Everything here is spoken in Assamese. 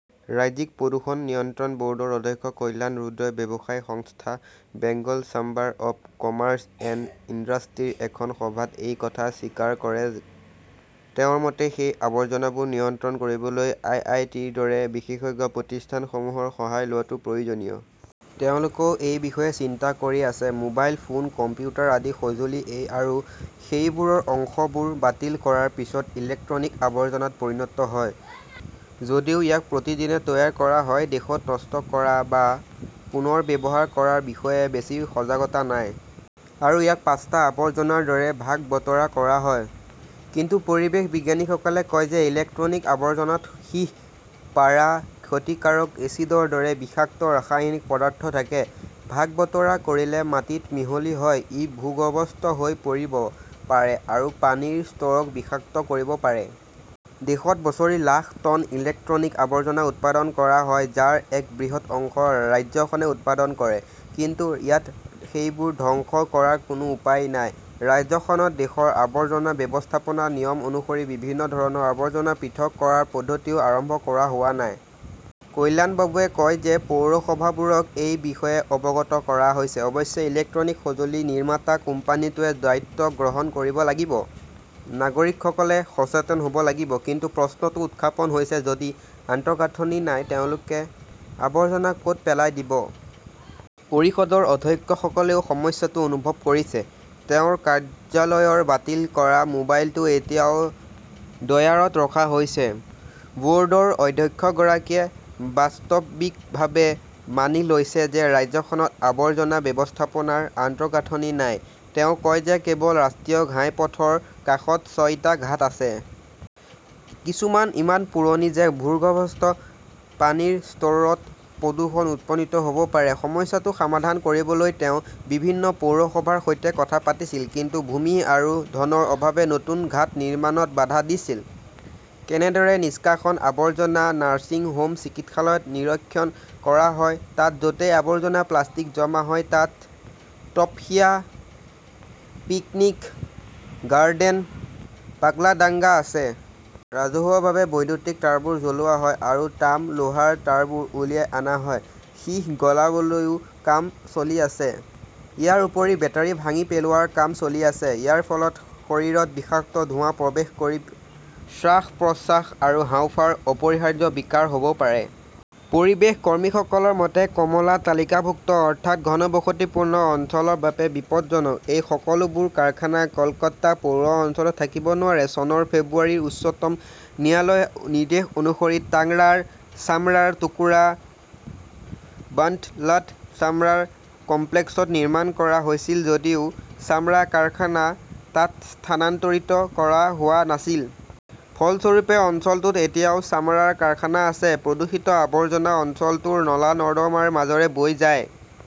ৰাজ্যিক প্ৰদূষণ নিয়ন্ত্ৰণ বৰ্ডৰ অধ্যক্ষ কল্যাণ ৰুদ্ৰই ব্যৱসায়ী সংস্থা Bengal chamber of commerce and ইণ্ডাষ্ট্ৰীৰ এখন সভাত এই কথা স্বীকাৰ কৰে। তেওঁৰ মতে, সেই আৱৰ্জনাবোৰ নিয়ন্ত্ৰণ কৰিবলৈ আই. আই. টি. ৰ দৰে বিশেষজ্ঞ প্ৰতিষ্ঠানসমূহৰ সহায় লোৱাটো প্ৰয়োজনীয়। তেওঁলোকেও এই বিষয়ে চিন্তা কৰি আছে। মোবাইল ফোন, কম্পিউটাৰ আদি সঁজুলি আৰু সেইবোৰৰ অংশবোৰ বাতিল কৰাৰ পিছত ইলেক্ট্ৰনিক আৱৰ্জনাত পৰিণত হয়। যদিও ইয়াক প্ৰতিদিনে তৈয়াৰ কৰা হয়, দেশত নষ্ট কৰা বা পুনৰ ব্যৱহাৰ কৰাৰ বিষয়ে বেছি সজাগতা নাই। আৰু ইয়াক পাঁচটা আৱৰ্জনাৰ দৰে ভাগ-বতৰা কৰা হয়। কিন্তু পৰিৱেশ বিজ্ঞানীসকলে কয় যে ইলেক্ট্ৰনিক আৱৰ্জনাত সীহ, পাৰা, ক্ষতিকাৰক এচিডৰ দৰে বিষাক্ত ৰাসায়নিক পদাৰ্থ থাকে। ভাগ-বতৰা কৰিলে মাটিত মিহলি হয়। ই ভূগৰ্ভস্থ হৈ পৰিব পাৰে আৰু পানীৰ স্তৰক বিষাক্ত কৰিব পাৰে। দেশত বছৰি লাখ টন ইলেক্ট্ৰনিক আৱৰ্জনা উৎপাদন কৰা হয়, যাৰ এক বৃহৎ অংশ ৰাজ্যখনে উৎপাদন কৰে। কিন্তু ইয়াত সেইবোৰ ধ্বংস কৰাৰ কোনো উপায় নাই। ৰাজ্যখনত দেশৰ আৱৰ্জনা ব্যৱস্থাপনা নিয়ম অনুসৰি বিভিন্ন ধৰণৰ আৱৰ্জনা পৃথক কৰাৰ পদ্ধতিও আৰম্ভ কৰা হোৱা নাই। কল্যাণবাবুৱে কয় যে, পৌৰসভাবোৰক এই বিষয়ে অৱগত কৰা হৈছে। অৱশ্যে ইলেক্ট্ৰনিক সঁজুলি নিৰ্মাতা কোম্পানীটোৱে দায়িত্ব গ্ৰহণ কৰিব লাগিব। নাগৰিকসকলে সচেতন হব লাগিব। কিন্তু প্ৰশ্নটো উৎখাপন হৈছে, যদি আন্তঃগাঁথনি নাই তেওঁলোকে আৱৰ্জনা কত পেলাই দিব? পৰিষদৰ অধ্যক্ষসকলেও সমস্যাটো অনুভৱ কৰিছে। তেওঁৰ কাৰ্যালয়ৰ বাতিল কৰা মোবাইলটো এতিয়াও ড্ৰয়াৰত ৰখা হৈছে। বৰ্ডৰ অধ্যক্ষগৰাকীয়ে বাস্তৱিকভাৱে মানি লৈছে যে ৰাজ্যখনত আৱৰ্জনা ব্যৱস্থাপনাৰ আন্তঃগাঁথনি নাই। তেওঁ কয় যে কেৱল ৰাষ্ট্ৰীয় ঘাইপথ ৰ কাষত ছয়টা ঘাট আছে। কিছুমান ইমান পুৰণি যে ভূগৰ্ভস্থ পানীৰ স্তৰত প্ৰদূষণ উপনীত হব পাৰে। সমস্যাটো সামাধান কৰিবলৈ তেওঁ বিভিন্ন পৌৰসভাৰ সৈতে কথা পাতিছিল। কিন্তু ভূমি আৰু ধনৰ অভাৱে নতুন ঘাট নিৰ্মাণত বাধা দিছিল। কেনেদৰে নিষ্কাশন আৱৰ্জনা, নাৰ্ছিং হোম, চিকিৎসালয়ত নিৰক্ষণ কৰা হয় তাত য'তেই আৱৰ্জনা প্লাষ্টিক জমা হয় তাত তপসিয়া, পিকনিক গাৰ্ডেন, পাগলাডাঙ্গা আছে। ৰাজহুৱাভাৱে বৈদ্যুতিক তাঁৰবোৰ জ্বলোৱা হয় আৰু তাম, লোহাৰ তাঁৰবোৰ উলিয়াই আনা হয়। সীহ গলাবলৈও কাম চলি আছে। ইয়াৰ উপৰি বেটাৰি ভাঙি পেলোৱাৰ কাম চলি আছে। ইয়াৰ ফলত শৰীৰত বিষাক্ত ধোঁৱা প্ৰৱেশ কৰি শ্বাস-প্ৰশ্বাস আৰু হাঁওফাঁওৰ অপৰিহাৰ্য বিকাৰ হব পাৰে। পৰিৱেশ কৰ্মীসকলৰ মতে, কমলা তালিকাভুক্ত অৰ্থাৎ ঘনবসতিপূৰ্ণ অঞ্চলৰ বাবে বিপদজনক এই সকলোবোৰ কাৰখানা কলকাতা পৌৰ অঞ্চলত থাকিব নোৱাৰে। চনৰ ফেব্ৰুৱাৰীত উচ্চতম ন্যায়ালয়ে নিৰ্দেশ অনুসৰি টাংৰাৰ চামৰাৰ টুকুৰা বান্টলাত চামৰাৰ কমপ্লেক্সত নিৰ্মাণ কৰা হৈছিল যদিও চামৰা কাৰখানা তাত স্থানান্তৰিত কৰা হোৱা নাছিল। ফলস্বৰূপে, অঞ্চলটোত এতিয়াও চামৰাৰ কাৰখানা আছে। প্ৰদূষিত আৱৰ্জনা অঞ্চলটোৰ নলা-নৰ্দমাৰ মাজৰে বৈ যায়।